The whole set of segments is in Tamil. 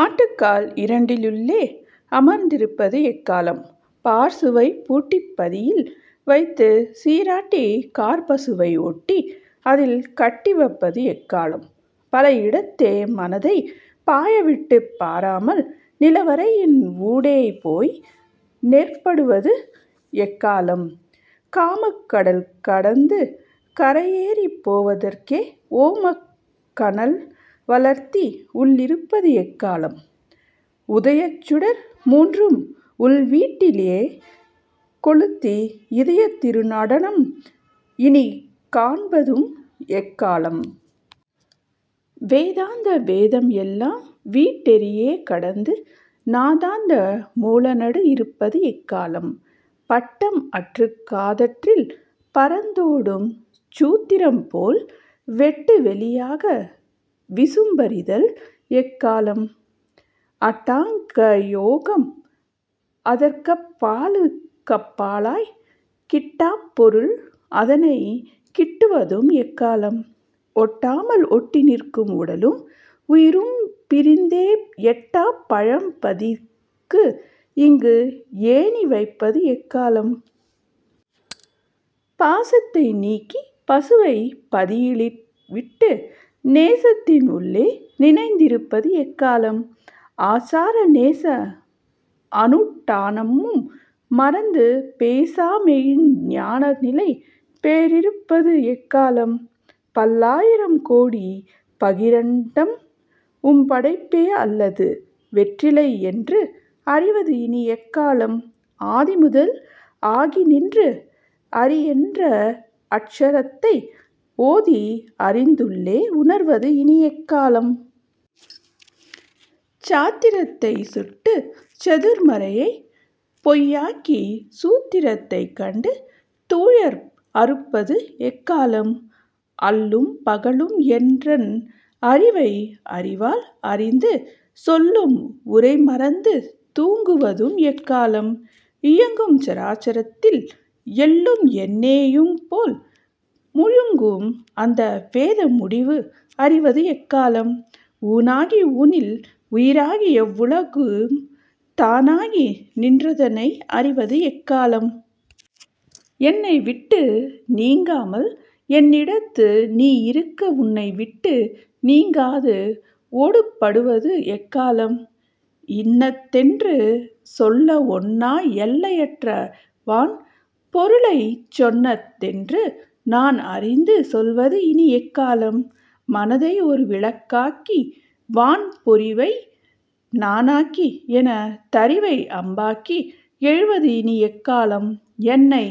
ஆட்டுக்கால் இரண்டினுள்ளே அமர்ந்திருப்பது எக்காலம்? பாற்சுவைப் பூட்டிப் பதியில் வைத்துச் சீராட்டிக் காற்பசுவை ஓட்டி அதில் கட்டி வப்பது எக்காலம்? பல இடத்தே மனதைப் பாயவிட்டுப் பாராமல் நிலவரையின் ஊடேபோய் நேர்படுவது எக்காலம்? காமக் கடல்கடந்து கரைஏறிப் போவதற்கே ஓமக் கனல்வளர்த்தி உள்ளிருப்பது எக்காலம்? உதயச் சுடர் மூன்றும் உள்வீட்டி லே கொளுத்தி இதயத் திருநடனம் இனிக்காண்பது எக்காலம்? வேதாந்த வேதம் எல்லாம் வீட்டேறியே கடந்து நாதாந்த மூல நடு இருப்பது எக்காலம்? பட்டம் அற்றுக் காதற்றில் பறந்தாடும் சூத்திரம் போல் வெட்டு வெளியாக விசும்பறிதல் எக்காலம்? அட்டாங்கயோகம் அதற்கப்பாலுக் கப்பாலாய் கிட்டாப் பொருள் அதனைக் கிட்டுவதும் எக்காலம்? ஒட்டாமல் ஒட்டிநிற்கும் உடலும் உயிரும்பிரிந்தே எட்டாப் பழம்பதிக்கு இங்கு ஏணிவைப்பது எக்காலம்? பாசத்தை நீக்கி பசுவைப் பதியில்விட்டு நேசத்தின் உள்ளே நினைந்திருப்பது எக்காலம்? ஆசார நேச அனுட்டானமும் மறந்து பேசாமெய்ஞ் ஞானநிலை பெற்றிருப்பது எக்காலம்? பல்லாயிரம் கோடிப் பகிரண்டம் உம்படைப்பே அல்லாது வேறில்லை என்று அறிவது இனி எக்காலம்? ஆதிமுதல் ஆகிநின்ற அரிஎன்ற அட்சரத்தை ஓதி அறிந்துள்ளே உணர்வது இனி எக்காலம்? சாத்திரத்தைச் சுட்டுச் சதுர்மறையைப் பொய்யாக்கிச் சூத்திரத்தைக் கண்டு துயர் அறுப்பது எக்காலம்? அல்லும் பகலும் என்றன் அறிவை அறிவால் அறிந்து சொல்லும் உரைமறந்து தூங்குவதும் எக்காலம்? இயங்கும் சராசரத்தில் எள்ளும் எண்ணெ யும்போல முயங்கும் அந்த வேத முடிவு அறிவது எக்காலம்? ஊனாகி ஊனில் உயிராகி எவ்வுலகும் தானாகி நின்றதனை அறிவது எக்காலம்? என்னை விட்டு நீங்காமல் என்னிடத்து நீ இருக்க உன்னை விட்டு நீங்காது ஒருப்படுவது எக்காலம்? இன்னதென்று சொல்லஒண்ணா எல்லையற்ற வான் பொருளைச் சொன்னதென்று நான் அறிந்து சொல்வது இனி எக்காலம்? மனதைஒரு வில்லாக்கி வான்பொறியை நாணாக்கி என தறிவைஅம்பாக்கி எய்வது இனி எக்காலம்? என்னை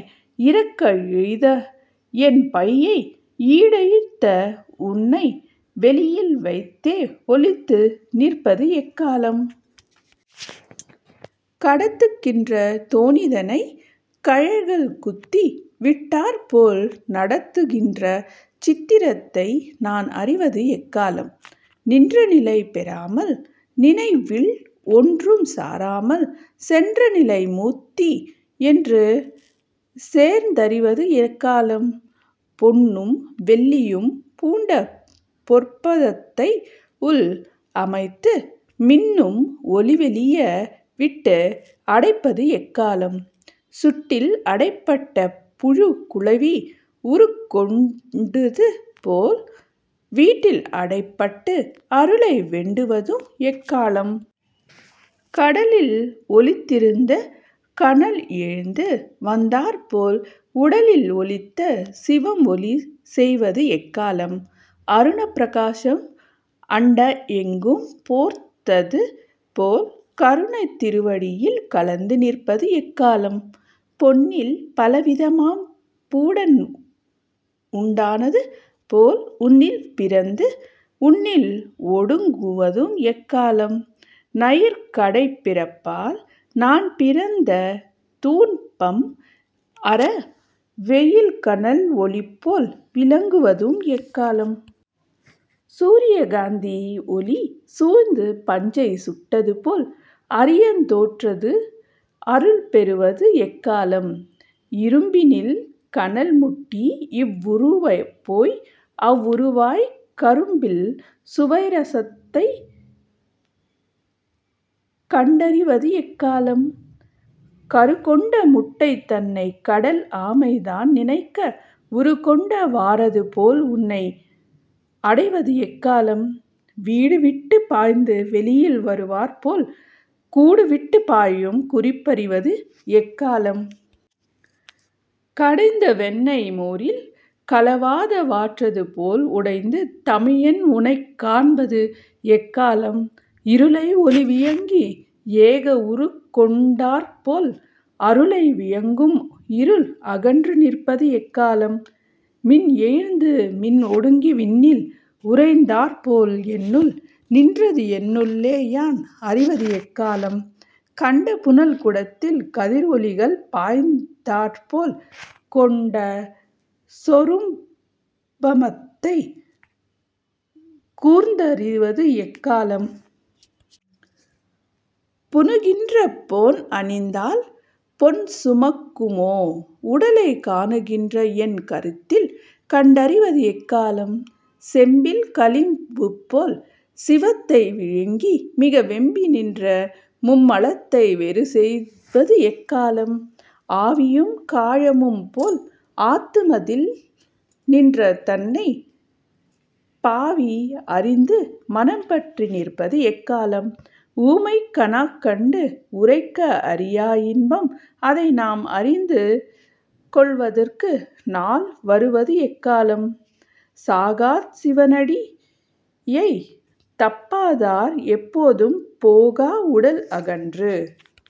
இறக்கஎய்தே என்பழியை ஈடழித்த உன்னை வெளியில் வைத்தேஒளித்து நிற்பது எக்காலம்? கடத்துகின்ற தோணிதனைக் கழைகள் குத்தி விட்டாற்போல் நடத்துகின்ற சித்திரத்தை நான்அறிவது எக்காலம்? நின்றநிலை பேராமல், நினைவில்ஒன்றும் சாராமல் சென்றநிலை முத்தி என்று சேர்ந்தறிவது எக்காலம்? பொன்னும் வெள்ளியும் பூண்ட பொற்பதத்தைஉள் அமைத்து மின்னும் ஒளிவெளியே விட்டு அடைப்பது எக்காலம்? கூட்டில் அடைப்பட்ட புழு குளவி உருக்கொண்டதுபோல் வீட்டில்அடை பட்டுஅருளை வேண்டுவதும் எக்காலம்? கடலில்ஒளித்திருந்த கனல்எழுந்து வந்தாற்போல் உடலில்ஒளித்த சிவம்ஒளி செய்வது எக்காலம்? அருணப் பிரகாசம் அண்டஎங்கும் போர்த்தது போல் கருணைத் திருவடியில் கலந்து நிற்பது எக்காலம்? பொன்னில் பலவிதமாம் பூடணம்உண்டானது போல் உன்னில் பிறந்து உன்னில்ஒடுங்குவதும் எக்காலம்? நாயிற் கடைப்பிறப்பால் நான்பிறந்த துன்பம்அற வேயில் கனல் ஒளிபோல் விளங்குவதும் எக்காலம்? சூரியகாந்தி ஒளி சூழ்ந்து பஞ்சைச் சுட்டதுபோல் அரியந்தோற்றத்து அருள் பெறுவது எக்காலம்? இரும்பினில் கனல்மூட்டி இவ்வுருபோய் அவ்வுருவாய்க் கரும்பில் சுவைரசத்தைக் கண்டறிவது எக்காலம்? கருக்கொண்ட முட்டைதனைக் கடல் ஆமைதான் நினைக்க உருக்கொண்ட வாறதுபோல்உனை அடைவது எக்காலம்? வீடுவிட்டு பாய்ந்து வெளியில் வருவார்போல் கூடுவிட்டுப் பாயும் குறிப்பறிவது எக்காலம்? கடைந்த வெண்ணய் மோரில் கலவாதவாறதுபோல் உடைந்து தமியேன் உனைக்காண்பது எக்காலம்? இருளை ஒளி விழுங்கி ஏகஉருக் கொண்டாற்போல் அருளை விழுங்கும்இருள் அகன்று நிற்பது எக்காலம்? மின் எழுந்து மின்ஒடுங்கி விண்ணில் உறைந்தாற்போல் என்னுள் நின்றதுஎன்னுள்ளே யான் அறிவது எக்காலம்? கண்ட புனல்குடத்தில் கதிர் ஒளிகள் பாய்ந்தாற்போல் கொண்ட சொரூபமத்தைக் கூர்ந்தறிவது எக்காலம்? பூணுகின்ற பொன் அணிந்தால் பொன்சுமக்குமோ உடலை காணுகின்றஎன் கருத்தில் கண்டறிவது எக்காலம்? செம்பில் களிம்புபோல் சிவத்தைவிழுங்கி மிக வெம்பி நின்ற மும்மலத்தை வேறுசெய்வது எக்காலம்? ஆவியும் காயமும்போல் ஆத்துமத்தில் நின்றதனை பாவிஅறிந்து மனம் பற்றி நிற்பது எக்காலம்? ஊமை கனாக்கண்டு உரைக்கஅறியா இன்பம்அதை நாம்அறிந்து கொள்வதற்கு நாள் வருவதுஎக்காலம்? சாகாச் சிவனடியைத் தப்பாதார் எப்போதும் போகா உடல்அகன்று